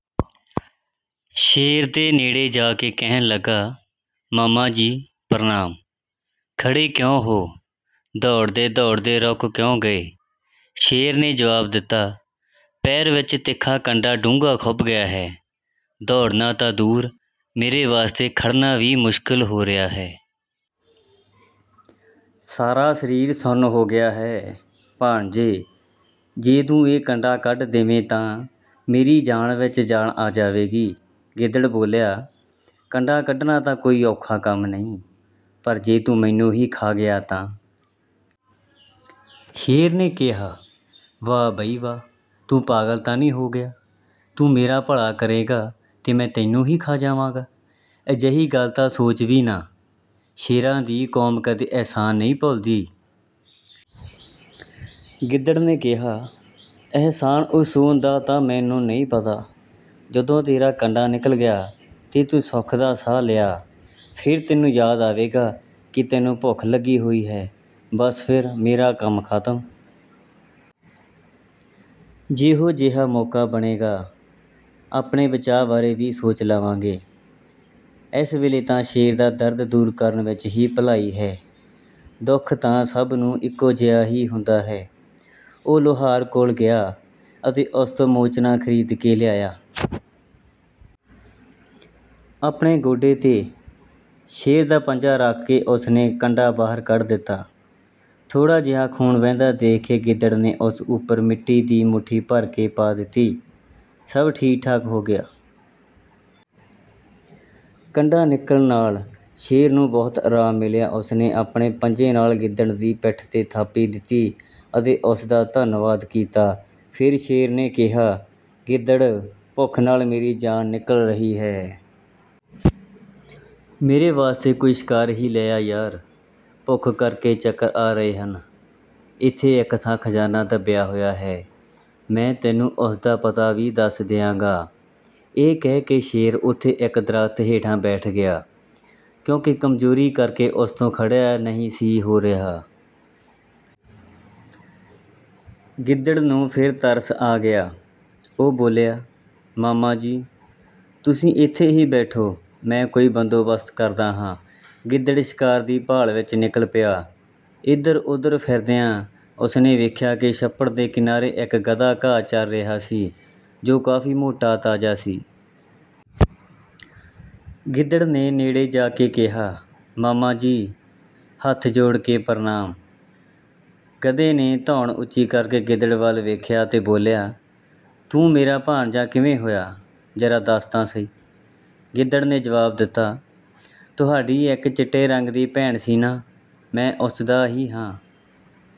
ਸ਼ੇਰ ਦੇ ਨੇੜੇ ਜਾ ਕੇ ਕਹਿਣ ਲੱਗਾ, "ਮਾਮਾ ਜੀ, ਪ੍ਰਣਾਮ! ਖੜ੍ਹੇ ਕਿਉਂ ਹੋ? ਦੌੜਦੇ-ਦੌੜਦੇ ਰੁਕ ਕਿਉਂ ਗਏ?" ਸ਼ੇਰ ਨੇ ਜਵਾਬ ਦਿੱਤਾ, "ਪੈਰ ਵਿੱਚ ਤਿੱਖਾ ਕੰਡਾ ਡੂੰਘਾ ਖੁੱਭ ਗਿਆ ਹੈ। ਦੌੜਨਾ ਤਾਂ ਦੂਰ, ਮੇਰੇ ਵਾਸਤੇ ਖੜ੍ਹਨਾ ਵੀ ਮੁਸ਼ਕਿਲ ਹੋ ਰਿਹਾ ਹੈ। ਸਾਰਾ ਸਰੀਰ ਸੁੰਨ ਹੋ ਗਿਆ ਹੈ। ਭਾਣਜੇ, ਜੇ ਤੂੰ ਇਹ ਕੰਡਾ ਕੱਢ ਦੇਵੇਂ ਤਾਂ ਮੇਰੀ ਜਾਨ ਵਿੱਚ ਜਾਨ ਆ ਜਾਵੇਗੀ।" ਗਿੱਦੜ ਬੋਲਿਆ, "ਕੰਡਾ ਕੱਢਣਾ ਤਾਂ ਕੋਈ ਔਖਾ ਕੰਮ ਨਹੀਂ, ਪਰ ਜੇ ਤੂੰ ਮੈਨੂੰ ਹੀ ਖਾ ਗਿਆ ਤਾਂ?" ਸ਼ੇਰ ਨੇ ਕਿਹਾ, "ਵਾਹ ਬਈ ਵਾਹ! ਤੂੰ ਪਾਗਲ ਤਾਂ ਨਹੀਂ ਹੋ ਗਿਆ? ਤੂੰ ਮੇਰਾ ਭਲਾ ਕਰੇਂਗਾ ਤੇ ਮੈਂ ਤੈਨੂੰ ਹੀ ਖਾ ਜਾਵਾਂਗਾ? ਅਜਿਹੀ ਗੱਲ ਤਾਂ ਸੋਚ ਵੀ ਨਾ। ਸ਼ੇਰਾਂ ਦੀ ਕੌਮ ਕਦੇ ਅਹਿਸਾਨ ਨਹੀਂ ਭੁੱਲਦੀ।" ਗਿੱਦੜ ਨੇ ਕਿਹਾ, "ਅਹਿਸਾਨ-ਉਹਸਾਨ ਦਾ ਤਾਂ ਮੈਨੂੰ ਨਹੀਂ ਪਤਾ। ਜਦੋਂ ਤੇਰਾ ਕੰਡਾ ਨਿਕਲ ਗਿਆ ਤੇ ਤੂੰ ਸੁੱਖ ਦਾ ਸਾਹ ਲਿਆ, ਫਿਰ ਤੈਨੂੰ ਯਾਦ ਆਵੇਗਾ ਕਿ ਤੈਨੂੰ ਭੁੱਖ ਲੱਗੀ ਹੋਈ ਹੈ। ਬੱਸ ਫਿਰ ਮੇਰਾ ਕੰਮ ਖ਼ਤਮ! ਜਿਹੋ ਜਿਹਾ ਮੌਕਾ ਬਣੇਗਾ, ਆਪਣੇ ਬਚਾਅ ਬਾਰੇ ਵੀ ਸੋਚ ਲਵਾਂਗੇ। ਇਸ ਵੇਲੇ ਤਾਂ ਸ਼ੇਰ ਦਾ ਦਰਦ ਦੂਰ ਕਰਨ ਵਿੱਚ ਹੀ ਭਲਾਈ ਹੈ, ਦੁੱਖ ਤਾਂ ਸਭ ਨੂੰ ਇੱਕੋ ਜਿਹਾ ਹੀ ਹੁੰਦਾ ਹੈ।' ਉਹ ਲੁਹਾਰ ਕੋਲ ਗਿਆ ਅਤੇ ਉਸ ਤੋਂ ਮੋਚਨਾ ਖ਼ਰੀਦ ਕੇ ਲਿਆਇਆ। ਆਪਣੇ ਗੋਡੇ 'ਤੇ ਸ਼ੇਰ ਦਾ ਪੰਜਾ ਰੱਖ ਕੇ ਉਸ ਨੇ ਕੰਡਾ ਬਾਹਰ ਕੱਢ ਦਿੱਤਾ। ਥੋੜ੍ਹਾ ਜਿਹਾ ਖ਼ੂਨ ਵਹਿੰਦਾ ਦੇਖ ਕੇ ਗਿੱਦੜ ਨੇ ਉਸ ਉੱਪਰ ਮਿੱਟੀ ਦੀ ਮੁੱਠੀ ਭਰ ਕੇ ਪਾ ਦਿੱਤੀ। ਸਭ ਠੀਕ-ਠਾਕ ਹੋ ਗਿਆ। ਕੰਡਾ ਨਿਕਲਣ ਨਾਲ ਸ਼ੇਰ ਨੂੰ ਬਹੁਤ ਆਰਾਮ ਮਿਲਿਆ। ਉਸ ਨੇ ਆਪਣੇ ਪੰਜੇ ਨਾਲ ਗਿੱਦੜ ਦੀ ਪਿੱਠ 'ਤੇ ਥਾਪੀ ਦਿੱਤੀ ਅਤੇ ਉਸ ਦਾ ਬਹੁਤ ਧੰਨਵਾਦ ਕੀਤਾ। ਫਿਰ ਸ਼ੇਰ ਨੇ ਕਿਹਾ, "ਗਿੱਦੜ, ਭੁੱਖ ਨਾਲ ਮੇਰੀ ਜਾਨ ਨਿਕਲ ਰਹੀ ਹੈ। ਮੇਰੇ ਵਾਸਤੇ ਕੋਈ ਸ਼ਿਕਾਰ ਹੀ ਲੈ ਆ ਯਾਰ, ਭੁੱਖ ਕਰਕੇ ਚੱਕਰ ਆ ਰਹੇ ਹਨ। ਇੱਥੇ ਇੱਕ ਥਾਂ ਖ਼ਜ਼ਾਨਾ ਦੱਬਿਆ ਹੋਇਆ ਹੈ, ਮੈਂ ਤੈਨੂੰ ਉਸ ਦਾ ਪਤਾ ਵੀ ਦੱਸ ਦਿਆਂਗਾ।" ਇਹ ਕਹਿ ਕੇ ਸ਼ੇਰ ਉੱਥੇ ਇੱਕ ਦਰੱਖਤ ਹੇਠਾਂ ਬੈਠ ਗਿਆ, ਕਿਉਂਕਿ ਕਮਜ਼ੋਰੀ ਕਰਕੇ ਉਸ ਤੋਂ ਖੜ੍ਹਿਆ ਨਹੀਂ ਸੀ ਹੋ ਰਿਹਾ। ਗਿੱਦੜ ਨੂੰ ਫਿਰ ਤਰਸ ਆ ਗਿਆ, ਉਹ ਬੋਲਿਆ, "ਮਾਮਾ ਜੀ, ਤੁਸੀਂ ਇੱਥੇ ਹੀ ਬੈਠੋ, ਮੈਂ ਕੋਈ ਬੰਦੋਬਸਤ ਕਰਦਾ ਹਾਂ।" ਗਿੱਦੜ ਸ਼ਿਕਾਰ ਦੀ ਭਾਲ ਵਿੱਚ ਨਿਕਲ ਪਿਆ। ਇੱਧਰ-ਉੱਧਰ ਫਿਰਦਿਆਂ ਉਸ ਨੇ ਵੇਖਿਆ ਕਿ ਛੱਪੜ ਦੇ ਕਿਨਾਰੇ ਇੱਕ ਗਧਾ ਘਾਹ ਚਰ ਰਿਹਾ ਸੀ, ਜੋ ਕਾਫ਼ੀ ਮੋਟਾ-ਤਾਜ਼ਾ ਸੀ। ਗਿੱਦੜ ਨੇ ਨੇੜੇ ਜਾ ਕੇ ਕਿਹਾ, "ਮਾਮਾ ਜੀ, ਹੱਥ ਜੋੜ ਕੇ ਪ੍ਰਣਾਮ।" ਗਧੇ ਨੇ ਧੌਣ ਉੱਚੀ ਕਰਕੇ ਗਿੱਦੜ ਵੱਲ ਵੇਖਿਆ ਅਤੇ ਬੋਲਿਆ, "ਤੂੰ ਮੇਰਾ ਭਾਣਜਾ ਕਿਵੇਂ ਹੋਇਆ? ਜਰਾ ਦੱਸ ਤਾਂ ਸਹੀ?" ਗਿੱਦੜ ਨੇ ਜਵਾਬ ਦਿੱਤਾ, "ਤੁਹਾਡੀ ਇੱਕ ਚਿੱਟੇ ਰੰਗ ਦੀ ਭੈਣ ਸੀ ਨਾ? ਮੈਂ ਉਸ ਦਾ ਹੀ..."